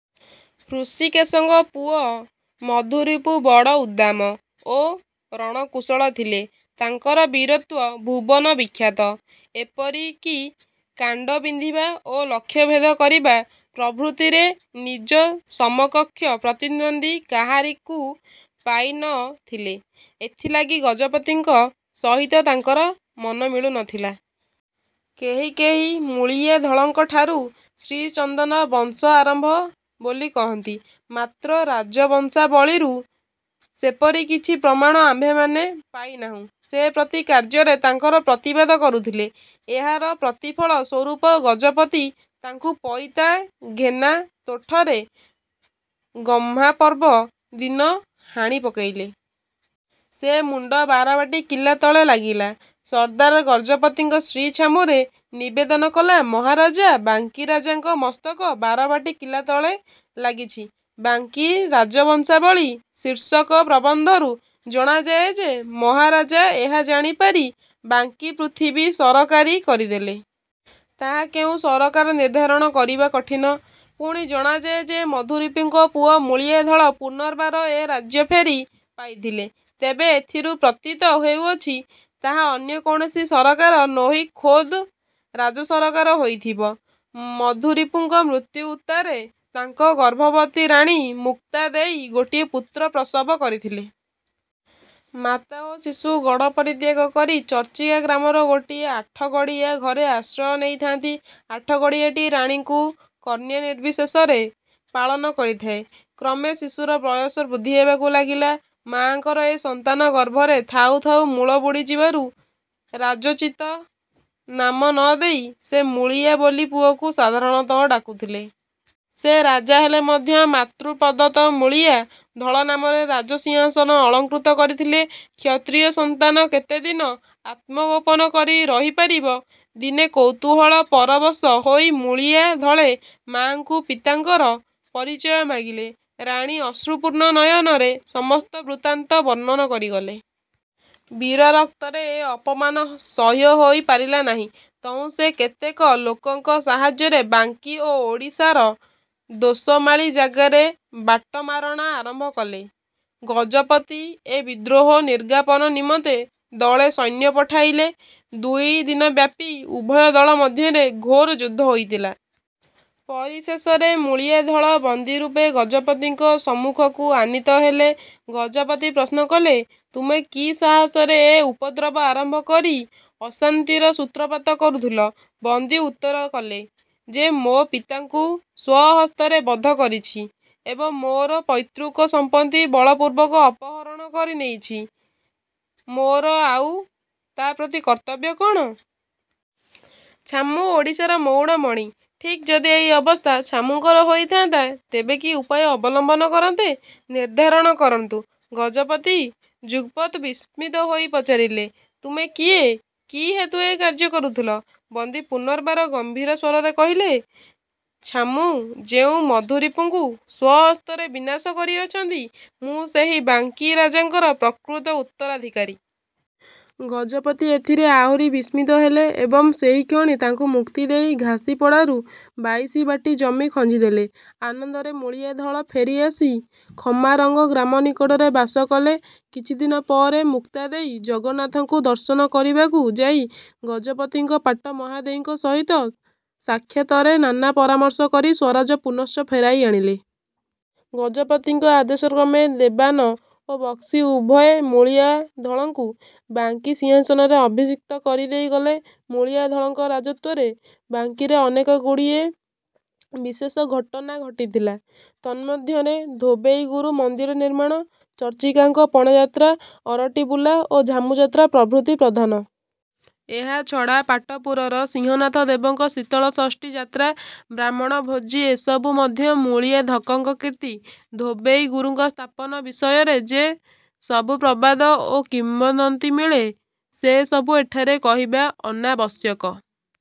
ହୃଷୀକେଶଙ୍କ ପୁଅ ମଧୁରିପୁ ବଡ଼ ଉଦ୍ଦାମ ଓ ରଣକୁଶଳ ଥିଲେ। ତାଙ୍କର ବୀରତ୍ୱ ଭୁବନ−ବିଖ୍ୟାତ। ଏପରି କି କାଣ୍ଡ ବିନ୍ଧିବା ଓ ଲକ୍ଷ୍ୟଭେଦ କରିବା ପ୍ରଭୃତିରେ ନିଜ ସମକକ୍ଷ ପ୍ରତିଦ୍ଵନ୍ଦୀ କାହାରିକୁ ପାଇ ନ ଥିଲେ। ଏଥିଲାଗି ଗଜପତିଙ୍କ ସହିତ ତାଙ୍କର ମନ ମିଳୁ ନ ଥିଲା। କେହି କେହି ମୂଳିଆଧଳଙ୍କଠାରୁ ଶ୍ରୀଚନ୍ଦନ ବଂଶ ଆରମ୍ଭ ବୋଲି କହନ୍ତି; ମାତ୍ର ରାଜବଂଶାବଳୀରୁ ସେପରି କିଛି ପ୍ରମାଣ ଆମ୍ଭେମାନେ ପାଇ ନାହୁଁ। ସେ ପ୍ରତି କାର୍ଯ୍ୟରେ ତାଙ୍କର ପ୍ରତିବାଦ କରୁଥିଲେ। ଏହାର ପ୍ରତିଫଳ ସ୍ୱରୂପ ଗଜପତି ତାଙ୍କୁ ପଇତା-ଘେନା ତୋଠରେ ଗହ୍ମାପର୍ବ ଦିନ ହାଣି ପକାଇଲେ। ସେ ମୁଣ୍ଡ ବାରବାଟୀ କିଲା। ତଳେ ଲାଗିଲା। ସର୍ଦ୍ଦାର ଗଜପତିଙ୍କ ଶ୍ରୀ ଛାମୁରେ ନିବେଦନ କଲା, "ମହାରାଜା, ବାଙ୍କୀରାଜାଙ୍କ ମସ୍ତକ ବାରବାଟୀ କିଲା ତଳେ ଲାଗିଛି। '' "ବାଙ୍କୀ ରାଜବଂଶାବଳୀ'' ଶୀର୍ଷକ ପ୍ରବନ୍ଧରୁ ଜଣାଯାଏ ଯେ, ମହାରାଜା ଏହା ଜାଣି ପାରି ବାଙ୍କୀ ପୃଥିବୀ ସରକାରୀ କରିଦେଲେ। ତାହା କେଉଁ ସରକାର ନିର୍ଦ୍ଧାରଣ କରିବା କଠିନ। ପୁଣି ଜଣାଯାଏ ଯେ, ମଧୁରିପୁଙ୍କ ପୁଅ ମୂଳିଆ ଧଳ ପୁନର୍ବାର ଏ ରାଜ୍ୟ ଫେରି ପାଇଥିଲେ। ତେବେ ଏଥିରୁ ପ୍ରତୀତ ହେଉଅଛି, ତାହା ଅନ୍ୟ କୌଣସି ସରକାର ନୋହି ଖୋଦ୍ ରାଜସରକାର ହୋଇଥିବ। ମଧୁରିପୁଙ୍କ ମୃତ୍ୟୁ ଉତ୍ତାରେ ତାଙ୍କ ଗର୍ଭବତୀ ରାଣୀ ମୁକ୍ତା ଦେଈ ଗୋଟିଏ ପୁତ୍ର ପ୍ରସବ କରିଥିଲେ। ମାତା ଓ ଶିଶୁ ଗଡ଼ ପରିତ୍ୟାଗ କରି ଚର୍ଚ୍ଚିକା ଗ୍ରାମର ଗୋଟିଏ ଆଠଗଡ଼ିଆ ଘରେ ଆଶ୍ରୟ ନେଇଥାନ୍ତି। ଆଠଗଡ଼ିଆଟି ରାଣୀଙ୍କୁ କନ୍ୟାନିର୍ବିଶେଷରେ ପାଳନ କରିଥାଏ। କ୍ରମେ ଶିଶୁର ବୟସ ବୃଦ୍ଧି ହେବାକୁ ଲାଗିଲା। ମାଆଙ୍କର ଏ ସନ୍ତାନ ଗର୍ଭରେ ଥାଉ ଥାଉ ମୂଳ ବୁଡ଼ିଯିବାରୁ ରାଜୋଚିତ ନାମ ନ ଦେଇ ସେ "ମୂଳିଆ" ବୋଲି ପୁଅକୁ ସାଧାରଣତଃ ଡାକୁଥିଲେ। ସେ ରାଜା ହେଲେ ମଧ୍ୟ ମାତୃପ୍ରଦତ୍ତ ମୂଳିଆ ଧଳ ନାମରେ ରାଜସିଂହାସନ ଅଳଂକୃତ କରିଥିଲେ। କ୍ଷତ୍ରିୟ ସନ୍ତାନ କେତେ ଦିନ ଆତ୍ମଗୋପନ କରି ରହିପାରିବ? ଦିନେ କୌତୁହଳ ପରବଶ ହୋଇ ମୂଳିଆ ଧଳେ ମାଆଙ୍କୁ ପିତାଙ୍କର ପରିଚୟ ମାଗିଲେ। ରାଣୀ ଅଶ୍ରୁପୂର୍ଣ୍ଣ ନୟନରେ ସମସ୍ତ ବୃତ୍ତାନ୍ତ ବର୍ଣ୍ଣନ କରିଗଲେ। ବୀରରକ୍ତରେ ଏ ଅପମାନ ସହ୍ୟ ହୋଇ ପାରିଲା ନାହିଁ। ତହୁଁ ସେ କେତେକ ଲୋକଙ୍କ ସାହାଯ୍ୟରେ ବାଙ୍କୀ ଓ ଓଡ଼ିଶାର ଦୋସମାଳି ଜାଗାରେ ବାଟମାରଣା ଆରମ୍ଭ କଲେ। ଗଜପତି ଏ ବିଦ୍ରୋହ ନିର୍ଗାପନ ନିମନ୍ତେ ଦଳେ ସୈନ୍ୟ ପଠାଇଲେ। ଦୁଇ ଦିନବ୍ୟାପୀ ଉଭୟ ଦଳ ମଧ୍ୟରେ ଘୋର ଯୁଦ୍ଧ ହୋଇଥିଲା। ପରିଶେଷରେ ମୂଳିଆ ଧଳ ବନ୍ଦିରୂପେ ଗଜପତିଙ୍କ ସମ୍ମୁଖକୁ ଆନୀତ ହେଲେ। ଗଜପତି ପ୍ରଶ୍ନ କଲେ, "ତୁମେ କି ସାହାସରେ ଏ ଉପଦ୍ରବ ଆରମ୍ଭ କରି ଅଶାନ୍ତିର ସୂତ୍ରପାତ କରୁଥିଲ? " ବନ୍ଦୀ ଉତ୍ତର କଲେ, "ଯେ ମୋ ପିତାଙ୍କୁ ସ୍ଵହସ୍ତରେ ବଧ କରିଛି ଏବଂ ମୋର ପୈତୃକ ସଂପତ୍ତି ବଳପୂର୍ବକ ଅପହରଣ କରି ନେଇଛି, ମୋର ଆଉ ତା ପ୍ରତି କର୍ତ୍ତବ୍ୟ କ'ଣ? ଛାମୁ ଓଡ଼ିଶାର ମଉଡ଼ମଣି। ଠିକ୍ ଯଦି ଏଇ ଅବସ୍ଥା ଛାମୁଙ୍କର ହୋଇଥାନ୍ତା, ତେବେ କି ଉପାୟ ଅବଲମ୍ବନ କରନ୍ତେ, ନିର୍ଦ୍ଧାରଣ କରନ୍ତୁ। '' ଗଜପତି ଯୁଗପତ୍ ବିସ୍ମିତ ହୋଇ ପଚାରିଲେ, "ତୁମେ କିଏ? କି ହେତୁ ଏ କାର୍ଯ୍ୟ କରୁଥିଲ? " ବନ୍ଦୀ ପୁନର୍ବାର ଗମ୍ଭୀର ସ୍ଵରରେ କହିଲେ, "ଛାମୁ ଯେଉଁ ମଧୁରିପୁଙ୍କୁ ସ୍ଵହସ୍ତରେ ବିନାଶ କରିଅଛନ୍ତି, ମୁଁ ସେହି ବାଙ୍କୀ ରାଜାଙ୍କର ପ୍ରକୃତ ଉତ୍ତରାଧିକାରୀ। '' ଗଜପତି ଏଥିରେ ଆହୁରି ବିସ୍ମିତ ହେଲେ ଏବଂ ସେହିକ୍ଷଣି ତାଙ୍କୁ ମୁକ୍ତି ଦେଇ ଘାସିପଡ଼ାରୁ ବାଇଶି ବାଟୀ ଜମି ଖଞ୍ଜିଦେଲେ। ଆନନ୍ଦରେ ମୂଳିଆ ଧଳ ଫେରିଆସି ଖମାରଙ୍ଗ ଗ୍ରାମନିକଟରେ ବାସ କଲେ। କିଛି ଦିନ ପରେ ମୁକ୍ତା ଦେଈ ଜଗନ୍ନାଥଙ୍କୁ ଦର୍ଶନ କରିବାକୁ ଯାଇ ଗଜପତିଙ୍କ ପାଟ ମହାଦେଈଙ୍କ ସହିତ ସାକ୍ଷାତରେ ନାନା ପରାମର୍ଶ କରି ସ୍ଵରାଜ ପୁନଶ୍ଚ ଫେରାଇ ଆଣିଲେ। ଗଜପତିଙ୍କ ଆଦେଶକ୍ରମେ ଦେବାନ ଓ ବକ୍ସି ଉଭୟେ ମୂଳିଆ ଧଳଙ୍କୁ ବାଙ୍କୀ ସିଂହାସନରେ ଅଭିଷିକ୍ତ କରି ଦେଇ ଗଲେ। ମୂଳିଆ ଧଳଙ୍କ ରାଜତ୍ୱରେ ବାଙ୍କୀରେ ଅନେକଗୁଡ଼ିଏ ବିଶେଷ ଘଟନା ଘଟିଥିଲା। ତନ୍ମଧ୍ୟରେ "ଧୋବେଇ ଗୁରୁ" ମନ୍ଦିର ନିର୍ମାଣ, ଚର୍ଚ୍ଚିକାଙ୍କ ପଣାଯାତ୍ରା, ଅରଟି ବୁଲା ଓ ଝାମୁଯାତ୍ରା ପ୍ରଭୃତି ପ୍ରଧାନ। ଏହା ଛଡ଼ା ପାଟପୁରର ସିଂହନାଥ ଦେବଙ୍କ ଶୀତଳଷଷ୍ଠୀ ଯାତ୍ରା, ବ୍ରାହ୍ମଣ ଭୋଜି ଏସବୁ ମଧ୍ୟ ମୂଳିଆ ଧକଙ୍କ କୀର୍ତ୍ତି। 'ଧୋବେଇ ଗୁରୁ'ଙ୍କ ସ୍ଥାପନ ବିଷୟରେ ଯେ ସବୁ ପ୍ରବାଦ ଓ କିମ୍ବଦନ୍ତୀ ମିଳେ, ସେ ସବୁ ଏଠାରେ କହିବା ଅନାବଶ୍ୟକ।